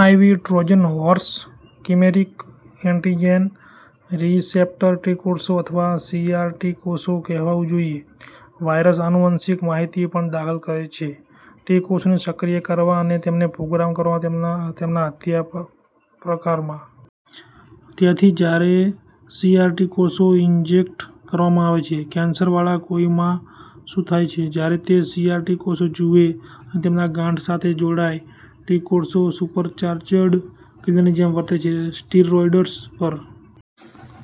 આય વી Trojan horse "chimeric antigen", "receptor T કોષો" અથવા સીએઆર ટી કોષો કહેવાવું જોઈએ. વાયરસ આનુવંશિક માહિતી પણ દાખલ કરે છે ટી કોષોને સક્રિય કરવા અને તેમને પ્રોગ્રામ કરવા તેમના હત્યા પ્રકારમાં. તેથી, જ્યારે સીએઆર ટી કોષો ઇન્જેક્ટ કરવામાં આવે છે કેન્સરવાળા કોઈમાં, શું થાય છે જ્યારે તે સીએઆર ટી કોષો જુએ અને તેમના ગાંઠ સાથે જોડાય ટી કોષો સુપરચાર્જ્ડ કિલરની જેમ વર્તે છે સ્ટીરોઇડ્સ પર.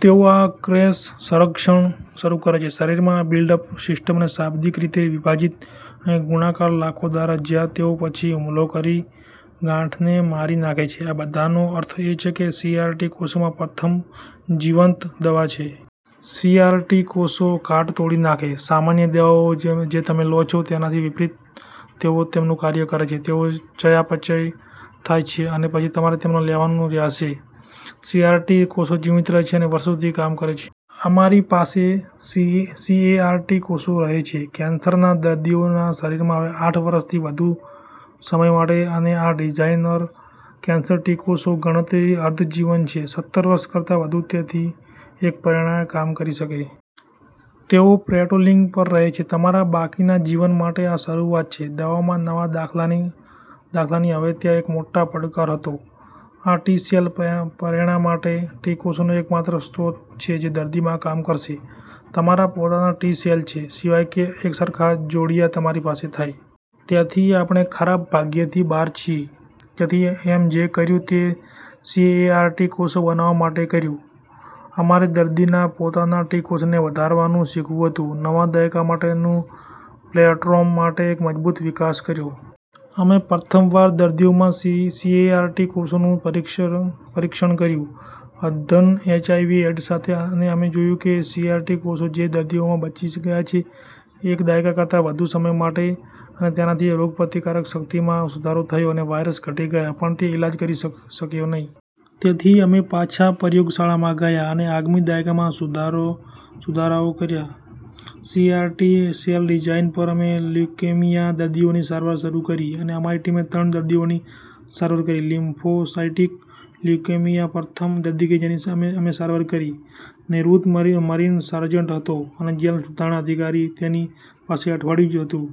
તેઓ આ ક્રેશ-સંરક્ષણ શરૂ કરે છે શરીરમાં બિલ્ડઅપ સિસ્ટમ અને શાબ્દિક રીતે વિભાજીત અને ગુણાકાર લાખો દ્વારા જ્યાં તેઓ પછી હુમલો કરી ગાંઠને મારી નાખે છે. આ બધાનો અર્થ એ છે કે સીએઆર ટી કોષોમાં પ્રથમ જીવંત દવા છે. સીએઆર ટી કોષો ઘાટ તોડી નાખે. સામાન્ય દવાઓ જે તમે લો છો તેનાથી વિપરીત તેઓ તેમનું કાર્ય કરે છે અને ચયાપચય થાય છે અને પછી તમારે તેમને લેવાનું રહેશે. સીએઆર ટી કોષો જીવંત રહે છે અને વર્ષો સુધી કામ કરે. અમારી પાસે સીએઆર ટી કોષો રહે છે કેન્સરના દર્દીઓના શરીરમાં હવે આઠ વર્ષથી વધુ સમય માટે. અને આ ડિઝાઇનર કેન્સર ટી કોષો ગણતરી અર્ધ જીવન છે સત્તર વર્ષ કરતાં વધુ. તેથી એક પ્રેરણા કામ કરી શકે છે. તેઓ પેટ્રોલીંગ પર રહે છે તમારા બાકીના જીવન માટે. આ શરૂઆત છે દવામાં નવા દાખલાની. હવે, ત્યાં એક મોટો પડકાર હતો આ ટી-સેલ પ્રેરણા માટે. ટી કોષોનો એક માત્ર સ્રોત જે દર્દીમાં કામ કરશે તમારા પોતાના ટી સેલ છે સિવાય કે એક સરખા જોડિયા તમારી પાસે થાય. તેથી આપણે ખરાબ ભાગ્યથી બહાર છીએ. તેથી અમે જે કર્યું તે સીએઆર ટી કોષો બનાવવા માટે કર્યું. અમારે દર્દીના પોતાના ટી કોષોને વધારવાનું શીખવું હતું. નવા દયકામાં આ માટેનું પ્લેટૉર્મ માટે એક મજબૂત વિકાસ કર્યો. અમે પ્રથમ વાર દર્દીઓમાં સીએઆર ટી કોષોનું પરીક્ષણ કર્યું અદ્યતન એચઆયવી એડ્સ સાથે અને અમે જોયું કે તે સીએઆર ટી કોષો જે દર્દીઓમાં બચી ગયા છે એક દાયકા કરતાં વધુ સમય માટે. અને તેનાથી રોગપ્રતિકારક શક્તિમાં સુધારો થયો અને વાયરસ ઘટી ગયા પણ તે ઇલાજ કરી શક્યો નહીં. તેથી અમે પાછા પ્રયોગશાળામાં ગયા અને આગામી દાયકામાં સુધારાઓ કર્યા સીએઆર ટી સેલ ડિઝાઇન પર. અમે લ્યુકેમિયા દર્દીઓની સારવાર શરૂ કરી અને અમારી ટીમે ત્રણ દર્દીઓની સારવાર કરી લિમ્ફોસાઇટિક લ્યુકેમિયા. પ્રથમ દર્દી કે જેની અમે સારવાર કરી નિવૃત્ત મરીન સાર્જન્ટ હતો અને જેલ સુધારણા અધિકારી તેની પાસે અઠવાડિયુ જ હતું.